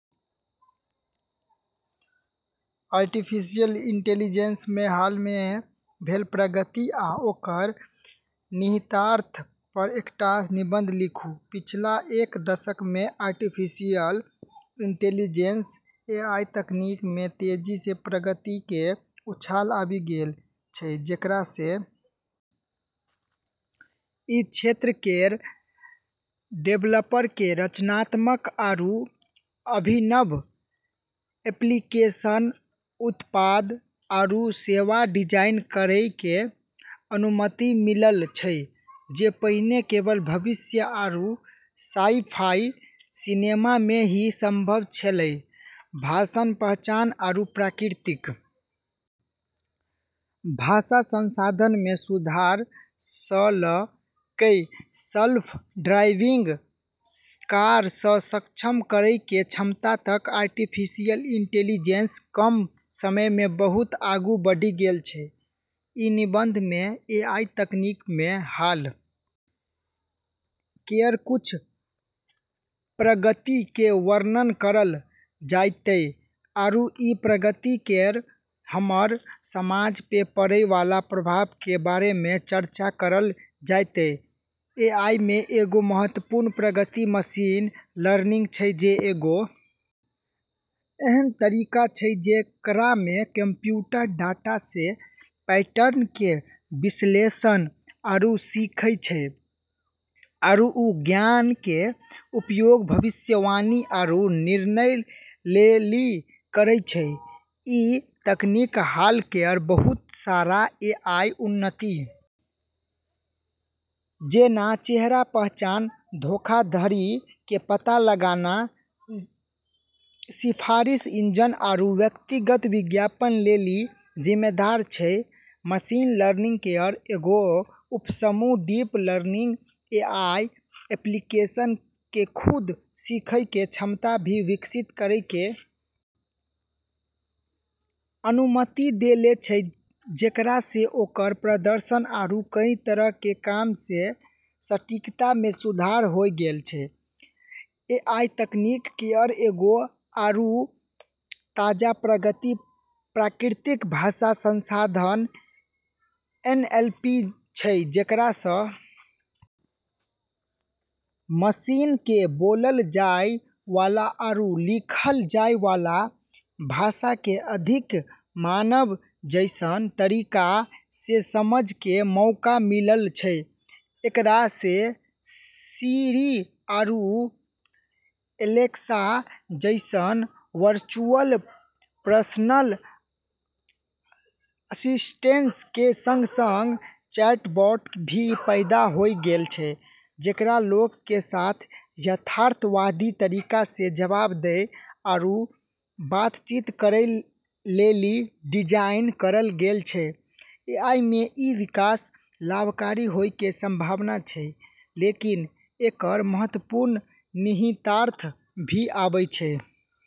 Artificial intelligence मे हाल मे भेल प्रगति आ ओकर निहितार्थ पर एकटा निबंध लिखू, पिछला एक दशक मे आर्टिफिशियल इंटेलिजेंस एआई तकनीक मे तेजी से प्रगति के उछाल आबी गेलऽ छै जेकरा से ई क्षेत्र केरऽ डेवलपर के रचनात्मक आरू अभिनव एप्लीकेशन, उत्पाद, आरू सेवा डिजाइन करै के अनुमति मिललऽ छै जे पहिने केवल भविष्य आरू साइ-फाई सिनेमा मे ही संभव छेलै, भाषण पहचान आरू प्राकृतिक भाषा संसाधन मे सुधार स ल कै सेल्फ ड्राइविंग कार क सक्षम करै के क्षमता तक आर्टिफिशियल इंटेलिजेंस कम समय मे बहुत आगू बढ़ी गेलऽ छै, ई निबंध मे एआई तकनीक मे हाल केरऽ कुछ प्रगति के वर्णन करलऽ जैतै आरू ई प्रगति केरऽ हमरऽ समाज पे पड़ै वाला प्रभाव के बारे मे चर्चा करलऽ जैतै, एआई मे एगो महत्वपूर्ण प्रगति मशीन लर्निंग छै जे एगो ऐन्हऽ तरीका छै जेकरा मे कंप्यूटर डाटा से पैटर्न के विश्लेषण आरू सीखै छै आरू उ ज्ञान के उपयोग भविष्यवाणी आरू निर्णय लेली करै छै, ई तकनीक हाल केरऽ बहुत सारा एआई उन्नति जेना चेहरा पहचान, धोखाधड़ी के पता लगाना, सिफारिश इंजन आरू व्यक्तिगत विज्ञापन लेली जिम्मेदार छै, मशीन लर्निंग केरऽ एगो उपसमूह डीप लर्निंग एआई एप्लीकेशन के खुद सीखै के क्षमता भी विकसित करै के अनुमति देले छै जेकरा से ओकरऽ प्रदर्शन आरू कई तरह के काम मे सटीकता मे सुधार होय गेलऽ छै, एआई तकनीक केरऽ एगो आरू ताजा प्रगति प्राकृतिक भाषा संसाधन एनएलपी छै जेकरा स मशीनऽ के बोललऽ जाय वाला आरू लिखलऽ जाय वाला भाषा के अधिक मानव जैसनऽ तरीका से समझ के मौका मिललऽ छै, एकरा से सिरी आरू एलेक्सा जैसनऽ वर्चुअल पर्सनल असिस्टेंट के संग-संग चैटबॉट भी पैदा होय गेलऽ छै जेकरा लोगऽ के साथ यथार्थवादी तरीका से जवाब दै आरू बातचीत करै लेली डिजाइन करलऽ गेलऽ छै, एआई मे ई विकास लाभकारी होय के संभावना छै, लेकिन एकरऽ महत्वपूर्ण निहितार्थ भी आबै छै।